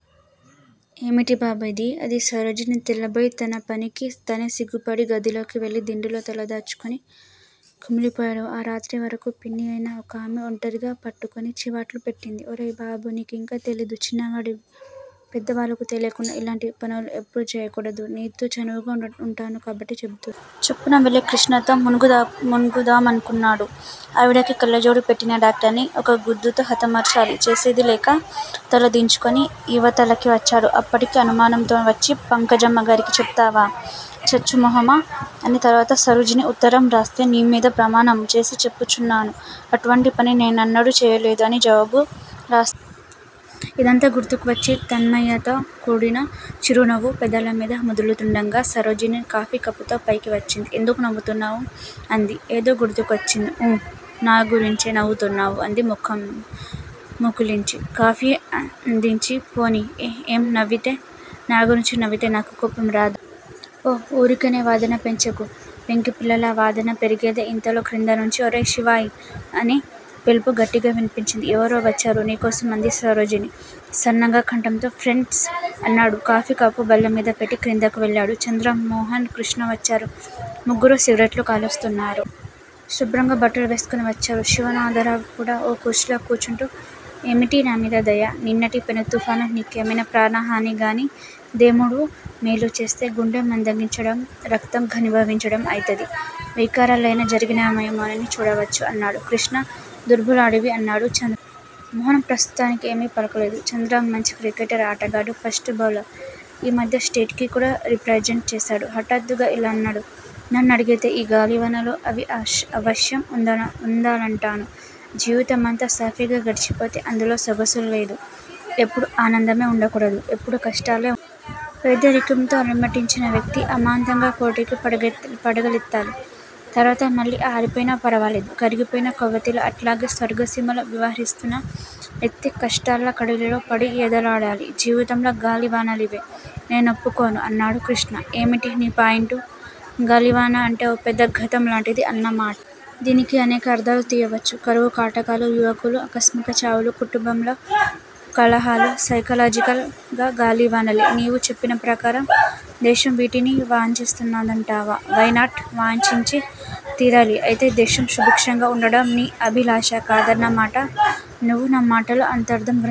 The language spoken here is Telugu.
ఏమిటి బాబూ ఇది? అది సరోజిని తెల్లబోయి. తన పనికి తనే సిగ్గుపడి గదిలోకి వెళ్ళి దిండులో తల దాచుకుని కుమిలి పోయాడు. ఆ రాత్రి వరకు పిన్ని అయిన ఒకామె ఒంటరిగా పట్టుకుని చివాట్లు పెట్టింది. ఒరేయి బాబూ! నీకింకా తెలీదు, చిన్నవాడివి పెద్దవాళ్ళకు తెలియకుండా ఇలాంటి పనులు ఎప్పుడూ చేయకూడదు నీతో చనువుగా వుంటాను కాబట్టి చెబుతున్నాను. చప్పున వెళ్ళి కృష్ణతో మునుగుదామనుకున్నాడు. ఆవిడకి కళ్ళజోడు పెట్టిన డాక్టర్ని ఒక్క గుద్దుతో హతమార్చాలి. చేసేదిలేక తల దించుకుని యివతలకి వచ్చాడు. అప్పటికి అనుమానంతో వచ్చి పంకజమ్మగారికి చెబుతావా చచ్చు మొహమా? అని తర్వాత సరోజినికి ఉత్తరం రాస్తే- నీమీద ప్రమాణము చేసి చెప్పుచున్నాను. అటువంటి పని నేనెన్నడూ చేయలేదు అని జవాబు రా ఇదంతా గుర్తుకువచ్చి తన్మయతతో కూడిన చిరునవ్వు పెదాలమీద మెదుల్తుండగా, సరోజిని కాఫీ కప్పుతో పైకి వచ్చింది. ఎందుకు నవ్వుతున్నావు? అంది. ఏదో గుర్తుకొచ్చింది. ఊఁ నాగురించే నవ్వుతున్నావు అంది ముఖం ముకుళించి, కాఫీ అందించి. పోనీ ఏం నవ్వితే? నా గురించి నవ్వితే నాకు కోపం రాధా పో, ఊరికినే వాదన పెంచకు పెంకిపిల్లలా వాదన పెరిగేదే, ఇంతలో క్రిందనుంచీ 'ఒరేయ్ శివాయ్' అనే పిలుపు గట్టిగా వినిపించింది. ఎవరో వచ్చారు నీకోసం అంది సరోజిని సన్నగా కంఠంతో. ఫ్రెండ్స్ అన్నాడు కాఫీ కప్పు బల్లమీద పెట్టి క్రిందకు వెళ్ళాడు. చంద్రం, మోహన్, కృష్ణ వచ్చారు, ముగ్గురూ సిగరెట్లు కాలుస్తున్నారు. శుభ్రంగా బట్టలు వేసుకుని వచ్చారు. శివనాథరావు కూడా ఓ కుర్చీలోకూర్చుంటూ 'ఏమిటి నామీద దయ? ' నిన్నటి పెనుతుఫాన్ కు నీకేమైనా ప్రాణహానిగానీ, దేముడు మేలుచేస్తే గుండె మందగించడం, రక్తం ఘనీభవించడం ఐతది వికారాలేమైనా జరిగినయ్యేమోనని చూడవచ్చాం అన్నాడు కృష్ణ. దుర్భలుడివి అన్నాడు మోహన్ ప్రస్తుతానికి ఏమీ పలకలేదు. చంద్రం మంచి క్రికెట్ ఆటగాడు. First bowler. ఈమధ్య స్టేట్ కి కూడా రిప్రజెంట్ చేశాడు. హఠాత్తుగా ఇలా అన్నాడు. నన్నడిగితే యీ గాలివానలూ అవి ఆవశ్యం ఉందాలంటాను. జీవితమంతా సాఫీగా గడిచిపోతే అందులో సొగసులేదు. ఎప్పుడూ ఆనందమే వుండకూడదు, ఎప్పుడూ కష్టాలే పేదరికంతో అలమటించిన వ్యక్తి అమాంతంగా కోటికి పడగలెత్తాలి. తరువాత మళ్ళీ ఆరిపోయిన ఫర్వాలేదు. కరిగిపోయిన కొవ్వొత్తిలా. అట్లాగే స్వర్గసీమలో విహరిస్తూన్న వ్యక్తి కష్టాల కడలిలో పడి యీదులాడాలి. జీవితంలో గాలివానలివే. నేనొప్పుకోను అన్నాడు క్రిష్ణ. ఏమిటి నీ పాయింటు? గాలివాన అంటే ఓ పెద్ద ఘతంలాంటిది అన్నమ దీనికి అనేక అర్ధాలు తీయవచ్చు. కరువుకాటకాలు, యువకుల ఆకస్మిక చావులు, కుటుంబ కలహాలు సైకలాజికల్ గా గాలివానలే. నీవు చెప్పినప్రకారం దేశం వీటిని వాంఛిస్తున్నదంటావా? వైనాట్? వాంఛించి తీరాలి. అయితే దేశం సుభిక్షంగా వుండడం నీ అభిలాష కాదన్న మాట. నువ్వు నా మాటల్లోని అంతరార్ధం